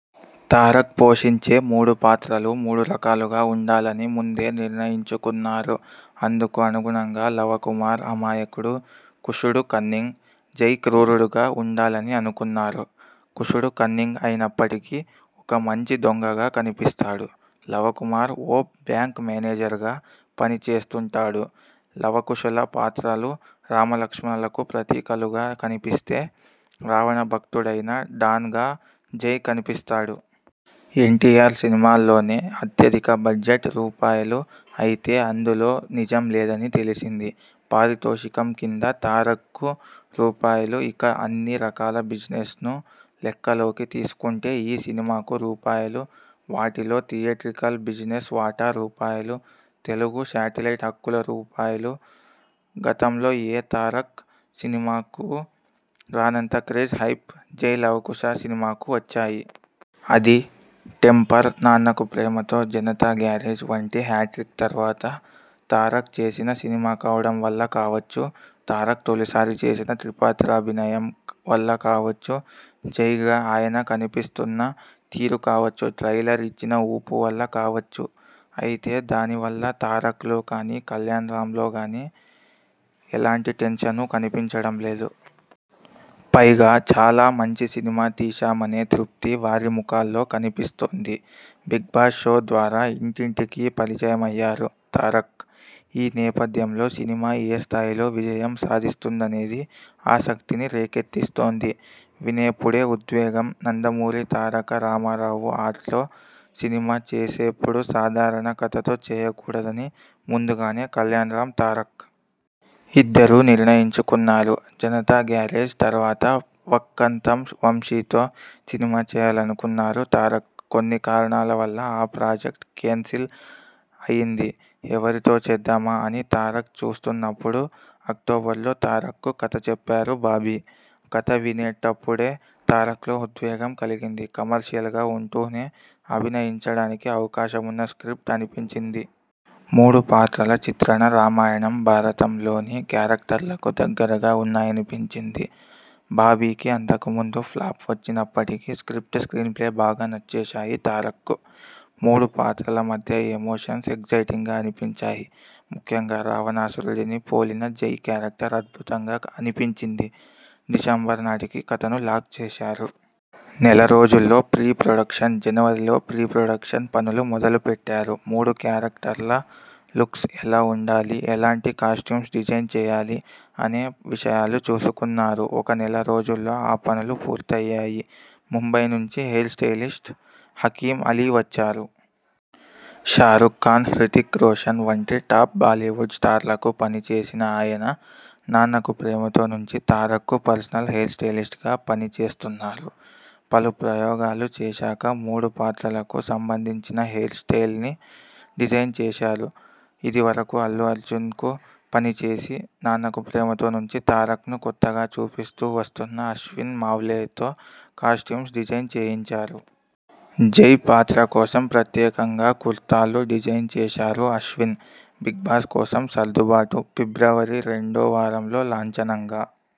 తారక్ పోషించే మూడు పాత్రలూ మూడు రకాలుగా ఉండాలని ముందే నిర్ణయించుకున్నారు. అందుకు అనుగుణంగా లవకుమార్ అమాయకుడు, కుశుడు కన్నింగ్, జై క్రూరుడుగా ఉండాలని అనుకున్నారు. కుశుడు కన్నింగ్ అయినప్పటికీ ఒక మంచి దొంగగా కనిపిస్తాడు. లవకుమార్ ఓ బ్యాంక్ మేనేజర్గా పని చేస్తుంటాడు. లవకుశుల పాత్రలు రామలక్ష్మణులకు ప్రతీకలుగా కనిపిస్తే, రావణ భక్తుడైన డాన్గా జై కనిపిస్తాడు. ఎన్టీఆర్ సినిమాల్లోనే అత్యధిక బడ్జెట్.. రూ. అయితే అందులో నిజం లేదని తెలిసింది. పారితోషికం కింద తారక్కు రూ. ఇక అన్ని రకాల బిజినెస్ను లెక్కలోకి తీసుకొంటే ఈ సినిమాకు రూ. వాటిలో థియేట్రికల్ బిజినెస్ వాటా రూ. తెలుగు శాటిలైట్ హక్కులు రూ. గతంలో ఏ తారక్ సినిమాకూ రానంత క్రేజ్, హైప్ 'జై లవ కుశ' సినిమాకు వచ్చాయి. అది.. 'టెంపర్', 'నాన్నకు ప్రేమతో', 'జనతా గ్యారేజ్' వంటి హ్యాట్రిక్ తర్వాత తారక్ చేసిన సినిమా కావడం వల్ల కావచ్చు.. తారక్ తొలిసారి చేసిన త్రిపాత్రాభినయం వల్ల కావచ్చు.. 'జై'గా ఆయన కనిపిస్తున్న తీరు కావచ్చు.. ట్రైలర్ ఇచ్చిన ఊపు వల్ల కావచ్చు. అయితే దాని వల్ల తారక్లో కానీ, కల్యాణ్రామ్లో కానీ ఎలాంటి టెన్షనూ కనిపించడం లేదు. పైగా చాలా మంచి సినిమా తీశామనే తృప్తి వారి ముఖాల్లో కనిపిస్తోంది. 'బిగ్బాస్' షో ద్వారా ఇంటింటికీ పరిచయమయ్యారు తారక్. ఈ నేపథ్యంలో సినిమా ఏ స్థాయిలో విజయం సాధిస్తుందనేది ఆసక్తిని రేకెత్తిస్తోంది. వినేప్పుడే ఉద్వేగంనందమూరి తారక రామారావు ఆర్ట్స్లో సినిమా చేసేప్పుడు సాధారణ కథతో చేయకూడదని ముందుగానే కల్యాణ్రామ్, తారక్.. ఇద్దరూ నిర్ణయించుకున్నారు. 'జనతా గ్యారేజ్' తర్వాత వక్కంతం వంశీతో సినిమా చేయాలనుకున్నారు తారక్. కొన్ని కారణాల వల్ల ఆ ప్రాజెక్ట్ కేన్సిల్ అయింది. ఎవరితో చేద్దామా?.. అని తారక్ చూస్తున్నప్పుడు.. అక్టోబర్లో తారక్కు కథ చెప్పారు బాబీ. కథ వినేటప్పుడే తారక్లో ఉద్వేగం కలిగింది. కమర్షియల్గా ఉంటూనే అభినయించడానికి అవకాశమున్న స్ర్కిప్ట్ అనిపించింది. మూడు పాత్రల చిత్రణ రామాయణం, భారతంలోని క్యారెక్టర్లకు దగ్గరగా ఉన్నాయనిపించింది. బాబీకి అంతకు ముందు ఫ్లాప్ వచ్చినప్పటికీ స్ర్కిప్ట్, స్ర్కీన్ప్లే బాగా నచ్చేశాయి తారక్కు. మూడు పాత్రల మధ్య ఎమోషన్స్ ఎగ్జయిటింగ్గా అనిపించాయి. ముఖ్యంగా రావణాసురుడిని పోలిన జై క్యారెక్టర్ అద్భుతంగా అనిపించింది. డిసెంబర్ నాటికి కథను లాక్ చేశారు. నెల రోజుల్లో ప్రీ ప్రొడక్షన్జనవరిలో ప్రీ పొడ్రక్షన్ పనులు మొదలు పెట్టారు. మూడు క్యారెక్టర్ల లుక్స్ ఎలా ఉండాలి, ఎలాంటి కాస్ట్యూమ్స్ డిజైన్ చేయాలి.. అనే విషయాలు చూసుకున్నారు. ఒక నెల రోజుల్లో ఆ పనులు పూర్తయ్యాయి. ముంబై నుంచి హెయిర్ స్టైలిస్ట్ హకీమ్ అలీ వచ్చారు. షారుక్ఖాన్, హృతిక్ రోషన్ వంటి టాప్ బాలీవుడ్ స్టార్లకు పనిచేసిన ఆయన 'నాన్నకు ప్రేమతో' నుంచి తారక్కు పర్సనల్ హెయిర్ స్టైలిస్ట్గా పని చేస్తున్నారు. పలు ప్రయోగాలు చేశాక మూడు పాత్రలకు సంబంధించిన హెయిర్ స్టైల్ను డిజైన్ చేశారు. ఇదివరకు అల్లు అర్జున్కు పని చేసి, 'నాన్నకు ప్రేమతో' నుంచి తారక్ను కొత్తగా చూపిస్తూ వస్తున్న అశ్విన్ మావ్లేతో కాస్ట్యూమ్స్ డిజైన్ చేయించారు. జై పాత్ర కోసం ప్రత్యేకంగా కుర్తాలు డిజైన్ చేశారు అశ్విన్. 'బిగ్బాస్' కోసం సర్దుబాటుఫిబ్రవరి రెండో వారంలో లాంఛనంగా